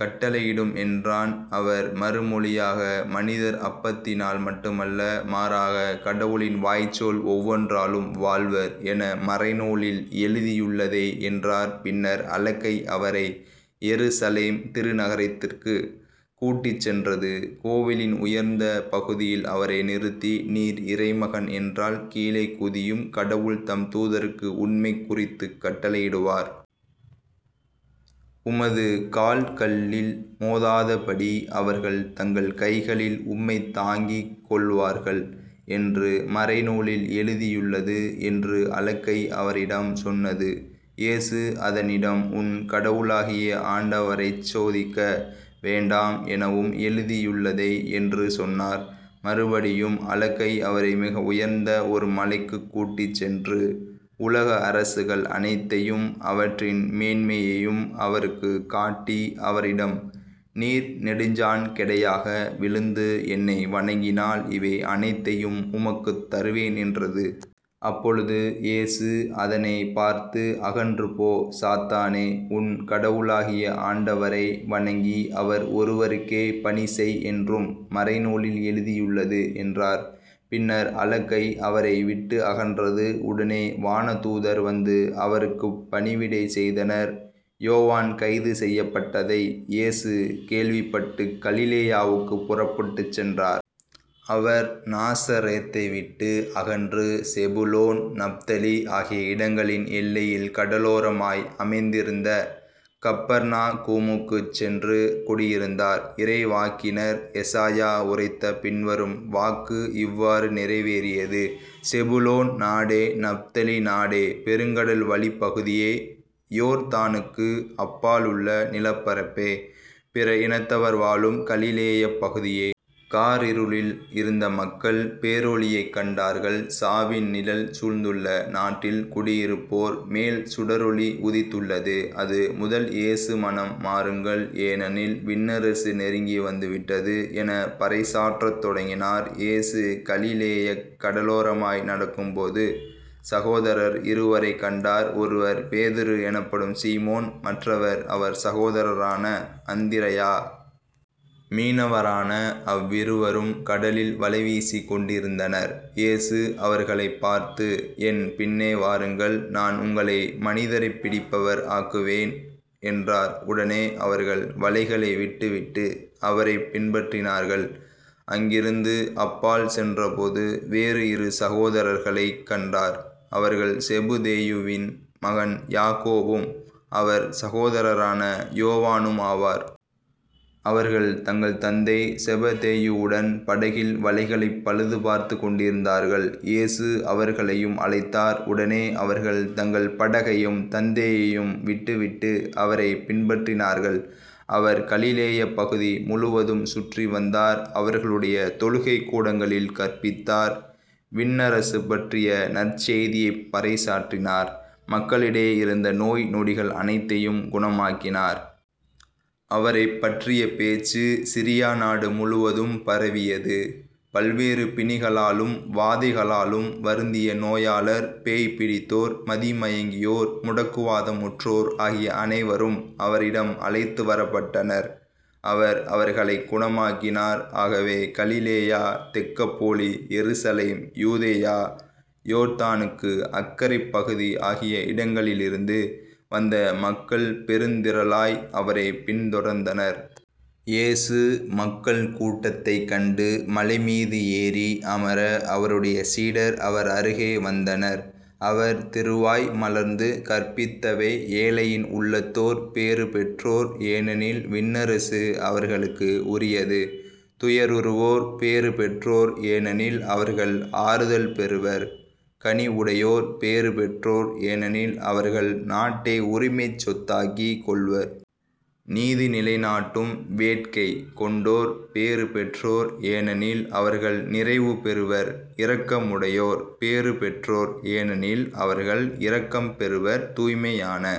கட்டளையிடும் என்றான். அவர் மறுமொழியாக மனிதர் அப்பத்தினால் மட்டுமல்ல மாறாக கடவுளின் வாய்ச்சொல் ஒவ்வொன்றாலும் வாழ்வர் என மறைநூலில் எழுதியுள்ளதே என்றார். பின்னர் அலகை அவரை எருசலேம் திருநகரத்திற்குக் கூட்டிச் சென்றது. கோவிலின் உயர்ந்த பகுதியில் அவரை நிறுத்தி நீர் இறைமகன் என்றால் கீழே குதியும் கடவுள் தம் தூதருக்கு உம்மைக் குறித்துக் கட்டளையிடுவார். உமது கால் கல்லில் மோதாதபடி அவர்கள் தங்கள் கைகளில் உம்மைத் தாங்கிக் கொள்வார்கள் என்று மறைநூலில் எழுதியுள்ளது என்று அலகை அவரிடம் சொன்னது. இயேசு அதனிடம் உன் கடவுளாகிய ஆண்டவரைச் சோதிக்க வேண்டாம் எனவும் எழுதியுள்ளதே என்று சொன்னார். மறுபடியும் அலகை அவரை மிக உயர்ந்த ஒரு மலைக்குக் கூட்டிச் சென்று உலக அரசுகள் அனைத்தையும் அவற்றின் மேன்மையையும் அவருக்குக் காட்டி, அவரிடம் நீர் நெடுஞ்சாண் கிடையாக விழுந்து என்னை வணங்கினால் இவை அனைத்தையும் உமக்குத் தருவேன் என்றது. அப்பொழுது இயேசு அதனைப் பார்த்து அகன்று போ. சாத்தானே உன் கடவுளாகிய ஆண்டவரை வணங்கி அவர் ஒருவருக்கே பணி செய் என்றும் மறைநூலில் எழுதியுள்ளது என்றார். பின்னர் அலகை அவரை விட்டு அகன்றது. உடனே வானதூதர் வந்து அவருக்குப் பணிவிடை செய்தனர். யோவான் கைது செய்யப்பட்டதை இயேசு கேள்விப்பட்டுக் கலிலேயாவுக்குப் புறப்பட்டுச் சென்றார். அவர் நாசரேத்தைவிட்டு அகன்று செபுலோன் நப்தலி ஆகிய இடங்களின் எல்லையில் கடலோரமாய் அமைந்திருந்த கப்பர்நாகூமுக்குச் சென்று குடியிருந்தார். இறைவாக்கினர் எசாயா உரைத்த பின்வரும் வாக்கு இவ்வாறு நிறைவேறியது. செபுலோன் நாடே. நப்தலி நாடே. பெருங்கடல் வழிப் பகுதியே. யோர்தானுக்கு அப்பாலுள்ள நிலப்பரப்பே. பிற இனத்தவர் வாழும் கலிலேயப் பகுதியே. காரிருளில் இருந்த மக்கள் பேரொளியைக் கண்டார்கள். சாவின் நிழல் சூழ்ந்துள்ள நாட்டில் குடியிருப்போர் மேல் சுடரொளி உதித்துள்ளது. அதுமுதல் இயேசு மனம் மாறுங்கள் ஏனெனில் விண்ணரசு நெருங்கி வந்துவிட்டது எனப் பறைசாற்றத் தொடங்கினார். இயேசு கலிலேயக் கடலோரமாய் நடக்கும்போது சகோதரர் இருவரைக் கண்டார். ஒருவர் பேதுரு எனப்படும் சீமோன் மற்றவர் அவர் சகோதரரான அந்திரேயா. மீனவரான அவ்விருவரும் கடலில் வலைவீசிக் கொண்டிருந்தனர். இயேசு அவர்களைப் பார்த்து என் பின்னே வாருங்கள். நான் உங்களை மனிதரைப் பிடிப்பவர் ஆக்குவேன் என்றார். உடனே அவர்கள் வலைகளை விட்டுவிட்டு அவரைப் பின்பற்றினார்கள். அங்கிருந்து அப்பால் சென்றபோது வேறு இரு சகோதரர்களைக் கண்டார். அவர்கள் செபதேயுவின் மகன் யாக்கோபும் அவர் சகோதரரான யோவானும் ஆவர். அவர்கள் தங்கள் தந்தை செபதேயுவுடன் படகில் வலைகளைப் பழுது பார்த்துக்கொண்டிருந்தார்கள். இயேசு அவர்களையும் அழைத்தார். உடனே அவர்கள் தங்கள் படகையும் தந்தையையும் விட்டு விட்டு அவரைப் பின்பற்றினார்கள். அவர் கலிலேயப் பகுதி முழுவதும் சுற்றி வந்தார். அவர்களுடைய தொழுகைக் கூடங்களில் கற்பித்தார் விண்ணரசு பற்றிய நற்செய்தியைப் பறைசாற்றினார் மக்களிடையே இருந்த நோய் நொடிகள் அனைத்தையும் குணமாக்கினார். அவரைப் பற்றிய பேச்சு சிரியா நாடு முழுவதும் பரவியது. பல்வேறு பிணிகளாலும் வாதைகளாலும் வருந்திய நோயாளர், பேய் பிடித்தோர் மதிமயங்கியோர் முடக்குவாதமுற்றோர் ஆகிய அனைவரும் அவரிடம் அழைத்து வரப்பட்டனர். அவர் அவர்களைக் குணமாக்கினார். ஆகவே கலிலேயா தெக்கப்பொலி எருசலேம் யூதேயா. யோர்தானுக்கு அக்கரைப் பகுதி ஆகிய இடங்களிலிருந்து வந்த மக்கள் பெருந்திரளாய் அவரைப் பின்தொடர்ந்தனர். இயேசு மக்கள் கூட்டத்தைக் கண்டு மலைமீது ஏறி, அமர, அவருடைய சீடர் அவரருகே வந்தனர். அவர் திருவாய் மலர்ந்து கற்பித்தவை ஏழையின் உள்ளத்தோர் பேறுபெற்றோர் ஏனெனில் விண்ணரசு அவர்களுக்கு உரியது. துயருறுவோர் பேறுபெற்றோர். ஏனெனில் அவர்கள் ஆறுதல் பெறுவர். கனிவுடையோர் பேறுபெற்றோர். ஏனெனில் அவர்கள் நாட்டை உரிமைச் சொத்தாக்கிக் கொள்வர். நீதிநிலைநாட்டும் வேட்கை கொண்டோர் பேறுபெற்றோர். ஏனெனில் அவர்கள் நிறைவுபெறுவர். இரக்கமுடையோர் பேறுபெற்றோர். ஏனெனில் அவர்கள் இரக்கம் பெறுவர். தூய்மையான